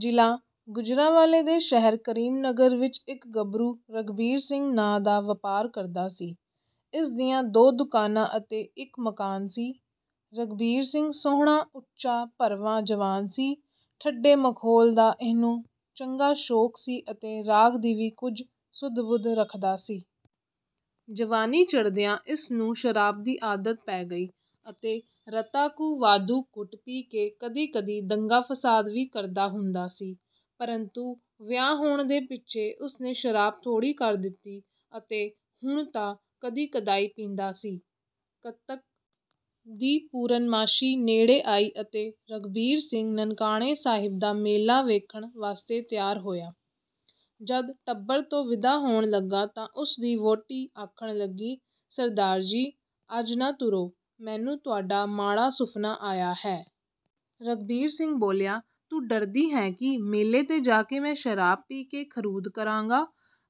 ਜ਼ਿਲ੍ਹਾ ਗੁਜਰਾਂਵਾਲੇ ਦੇ ਸ਼ਹਿਰ ਕਰੀਮ ਨਗਰ ਵਿੱਚ ਇੱਕ ਗੱਭਰੂ ਰਘਬੀਰ ਸਿੰਘ ਨਾਂ ਦਾ ਵਪਾਰ ਕਰਦਾ ਸੀ। ਇਸ ਦੀਆਂ ਦੋ ਦੁਕਾਨਾਂ ਅਤੇ ਇੱਕ ਮਕਾਨ ਸੀ। ਰਘਬੀਰ ਸਿੰਘ ਸੋਹਣਾ, ਉੱਚਾ, ਭਰਵਾਂ ਜਵਾਨ ਸੀ। ਠੱਠੇ-ਮਖੌਲ ਦਾ ਇਹਨੂੰ ਚੰਗਾ ਸ਼ੌਕ ਸੀ ਅਤੇ ਰਾਗ ਦੀ ਵੀ ਕੁਝ ਸੁੱਧ-ਬੁੱਧ ਰੱਖਦਾ ਸੀ। ਜਵਾਨੀ ਚੜ੍ਹਦਿਆਂ ਇਸ ਨੂੰ ਸ਼ਰਾਬ ਦੀ ਆਦਤ ਪੈ ਗਈ ਅਤੇ ਰਤਾ ਕੁ ਵਾਧੂ ਘੁੱਟ ਪੀ ਕੇ ਕਦੀ-ਕਦੀ ਦੰਗਾ-ਫਸਾਦ ਵੀ ਕਰਦਾ ਹੁੰਦਾ ਸੀ। ਪਰੰਤੂ ਵਿਆਹ ਹੋਣ ਦੇ ਪਿੱਛੇ ਉਸ ਨੇ ਸ਼ਰਾਬ ਥੋੜੀ ਕਰ ਦਿੱਤੀ ਅਤੇ ਹੁਣ ਤਾਂ ਕਦੀ-ਕਦਾਈਂ ਪੀਂਦਾ ਸੀ। ਕੱਤਕ ਦੀ ਪੂਰਨਮਾਸ਼ੀ ਨੇੜੇ ਆਈ ਅਤੇ ਰਘਬੀਰ ਸਿੰਘ ਨਨਕਾਣੇ ਸਾਹਿਬ ਦਾ ਮੇਲਾ ਵੇਖਣ ਵਾਸਤੇ ਤਿਆਰ ਹੋਇਆ। ਜਦ ਟੱਬਰ ਤੋਂ ਵਿਦਾ ਹੋਣ ਲੱਗਾ ਤਾਂ ਉਸ ਦੀ ਵਹੁਟੀ ਆਖਣ ਲੱਗੀ, “ਸਰਦਾਰ ਜੀ! ਅੱਜ ਨਾ ਤੁਰੋ। ਮੈਨੂੰ ਤੁਹਾਡਾ ਮਾੜਾ ਸੁਫ਼ਨਾ ਆਇਆ ਹੈ।” ਰਘਬੀਰ ਸਿੰਘ ਬੋਲਿਆ, “ਤੂੰ ਡਰਦੀ ਹੈਂ ਕਿ ਮੇਲੇ 'ਤੇ ਜਾ ਕੇ ਮੈਂ ਸ਼ਰਾਬ ਪੀ ਕੇ ਖਰੂਦ ਕਰਾਂਗਾ?”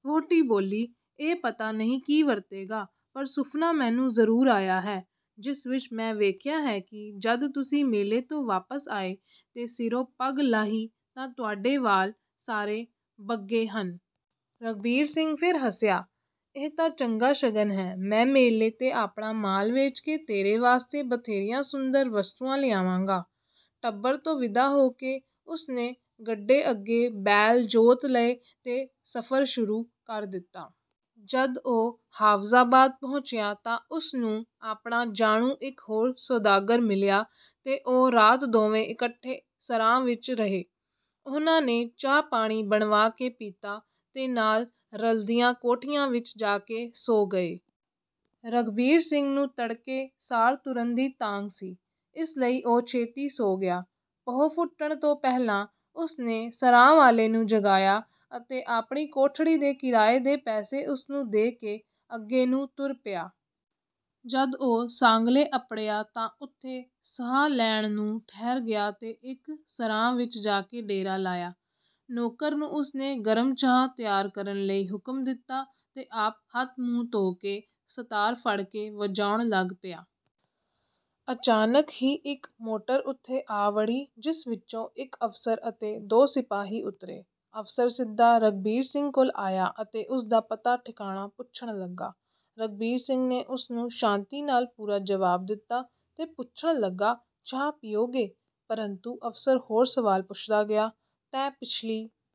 ਵਹੁਟੀ ਬੋਲੀ, “ਇਹ ਪਤਾ ਨਹੀਂ ਕੀ ਵਰਤੇਗਾ, ਪਰ ਸੁਫ਼ਨਾ ਮੈਨੂੰ ਜ਼ਰੂਰ ਆਇਆ ਹੈ, ਜਿਸ ਵਿੱਚ ਮੈਂ ਵੇਖਿਆ ਹੈ ਕਿ ਜਦ ਤੁਸੀਂ ਮੇਲੇ ਤੋਂ ਵਾਪਸ ਆਏ ਤੇ ਸਿਰੋਂ ਪੱਗ ਲਾਹੀ ਤਾਂ ਤੁਹਾਡੇ ਵਾਲ ਸਾਰੇ ਬੱਗੇ ਹਨ।” ਰਘਬੀਰ ਸਿੰਘ ਫਿਰ ਹੱਸਿਆ, “ਇਹ ਤਾਂ ਚੰਗਾ ਸ਼ਗਨ ਹੈ। ਮੈਂ ਮੇਲੇ 'ਤੇ ਆਪਣਾ ਮਾਲ ਵੇਚ ਕੇ ਤੇਰੇ ਵਾਸਤੇ ਬਥੇਰੀਆਂ ਸੁੰਦਰ ਵਸਤੂਆਂ ਲਿਆਵਾਂਗਾ।” ਟੱਬਰ ਤੋਂ ਵਿਦਾ ਹੋ ਕੇ ਉਸ ਨੇ ਗੱਡੇ ਅੱਗੇ ਬੈਲ ਜੋਤ ਲਏ ਤੇ ਸਫ਼ਰ ਸ਼ੁਰੂ ਕਰ ਦਿੱਤਾ। ਜਦ ਉਹ ਹਾਫ਼ਜ਼ਾਬਾਦ ਪਹੁੰਚਿਆ ਤਾਂ ਉਸ ਨੂੰ ਆਪਣਾ ਜਾਣੂ ਇੱਕ ਹੋਰ ਸੌਦਾਗਰ ਮਿਲਿਆ ਤੇ ਉਹ ਰਾਤ ਦੋਵੇਂ ਇਕੱਠੇ ਸਰਾਂ ਵਿੱਚ ਰਹੇ। ਉਹਨਾਂ ਨੇ ਚਾਹ-ਪਾਣੀ ਬਣਵਾ ਕੇ ਪੀਤਾ ਤੇ ਨਾਲ ਰਲਦੀਆਂ ਕੋਠੀਆਂ ਵਿੱਚ ਜਾ ਕੇ ਸੌਂ ਗਏ। ਰਘਬੀਰ ਸਿੰਘ ਨੂੰ ਤੜਕੇ ਸਾਰ ਤੁਰਨ ਦੀ ਤਾਂਘ ਸੀ। ਇਸ ਲਈ ਉਹ ਛੇਤੀ ਸੌਂ ਗਿਆ। ਪਹੁ ਫੁੱਟਣ ਤੋਂ ਪਹਿਲਾਂ ਉਸ ਨੇ ਸਰਾਂ ਵਾਲੇ ਨੂੰ ਜਗਾਇਆ ਅਤੇ ਆਪਣੀ ਕੋਠੜੀ ਦੇ ਕਿਰਾਏ ਦੇ ਪੈਸੇ ਉਸ ਨੂੰ ਦੇ ਕੇ ਅੱਗੇ ਨੂੰ ਤੁਰ ਪਿਆ। ਜਦ ਉਹ ਸਾਂਗਲੇ ਅੱਪੜਿਆ ਤਾਂ ਉੱਥੇ ਸਾਹ ਲੈਣ ਨੂੰ ਠਹਿਰ ਗਿਆ ਤੇ ਇੱਕ ਸਰਾਂ ਵਿੱਚ ਜਾ ਕੇ ਡੇਰਾ ਲਾਇਆ। ਨੌਕਰ ਨੂੰ ਉਸ ਨੇ ਗਰਮ ਚਾਹ ਤਿਆਰ ਕਰਨ ਲਈ ਹੁਕਮ ਦਿੱਤਾ ਤੇ ਆਪ ਹੱਥ-ਮੂੰਹ ਧੋ ਕੇ ਸਤਾਰ ਫੜ ਕੇ ਵਜਾਉਣ ਲੱਗ ਪਿਆ। ਅਚਾਨਕ ਹੀ ਇੱਕ ਮੋਟਰ ਉੱਥੇ ਆ ਵੜੀ, ਜਿਸ ਵਿੱਚੋਂ ਇੱਕ ਅਫ਼ਸਰ ਅਤੇ ਦੋ ਸਿਪਾਹੀ ਉਤਰੇ। ਅਫ਼ਸਰ ਸਿੱਧਾ ਰਘਬੀਰ ਸਿੰਘ ਕੋਲ ਆਇਆ ਅਤੇ ਉਸ ਦਾ ਪਤਾ-ਠਿਕਾਣਾ ਪੁੱਛਣ ਲੱਗਾ। ਰਘਬੀਰ ਸਿੰਘ ਨੇ ਉਸ ਨੂੰ ਸ਼ਾਂਤੀ ਨਾਲ ਪੂਰਾ ਜਵਾਬ ਦਿੱਤਾ ਤੇ ਪੁੱਛਣ ਲੱਗਾ, “ਚਾਹ ਪੀਓਗੇ?” ਪਰੰਤੂ ਅਫ਼ਸਰ ਹੋਰ ਸਵਾਲ ਪੁੱਛਦਾ ਗਿਆ, “ਤੈਂ ਪਿਛਲੀ...”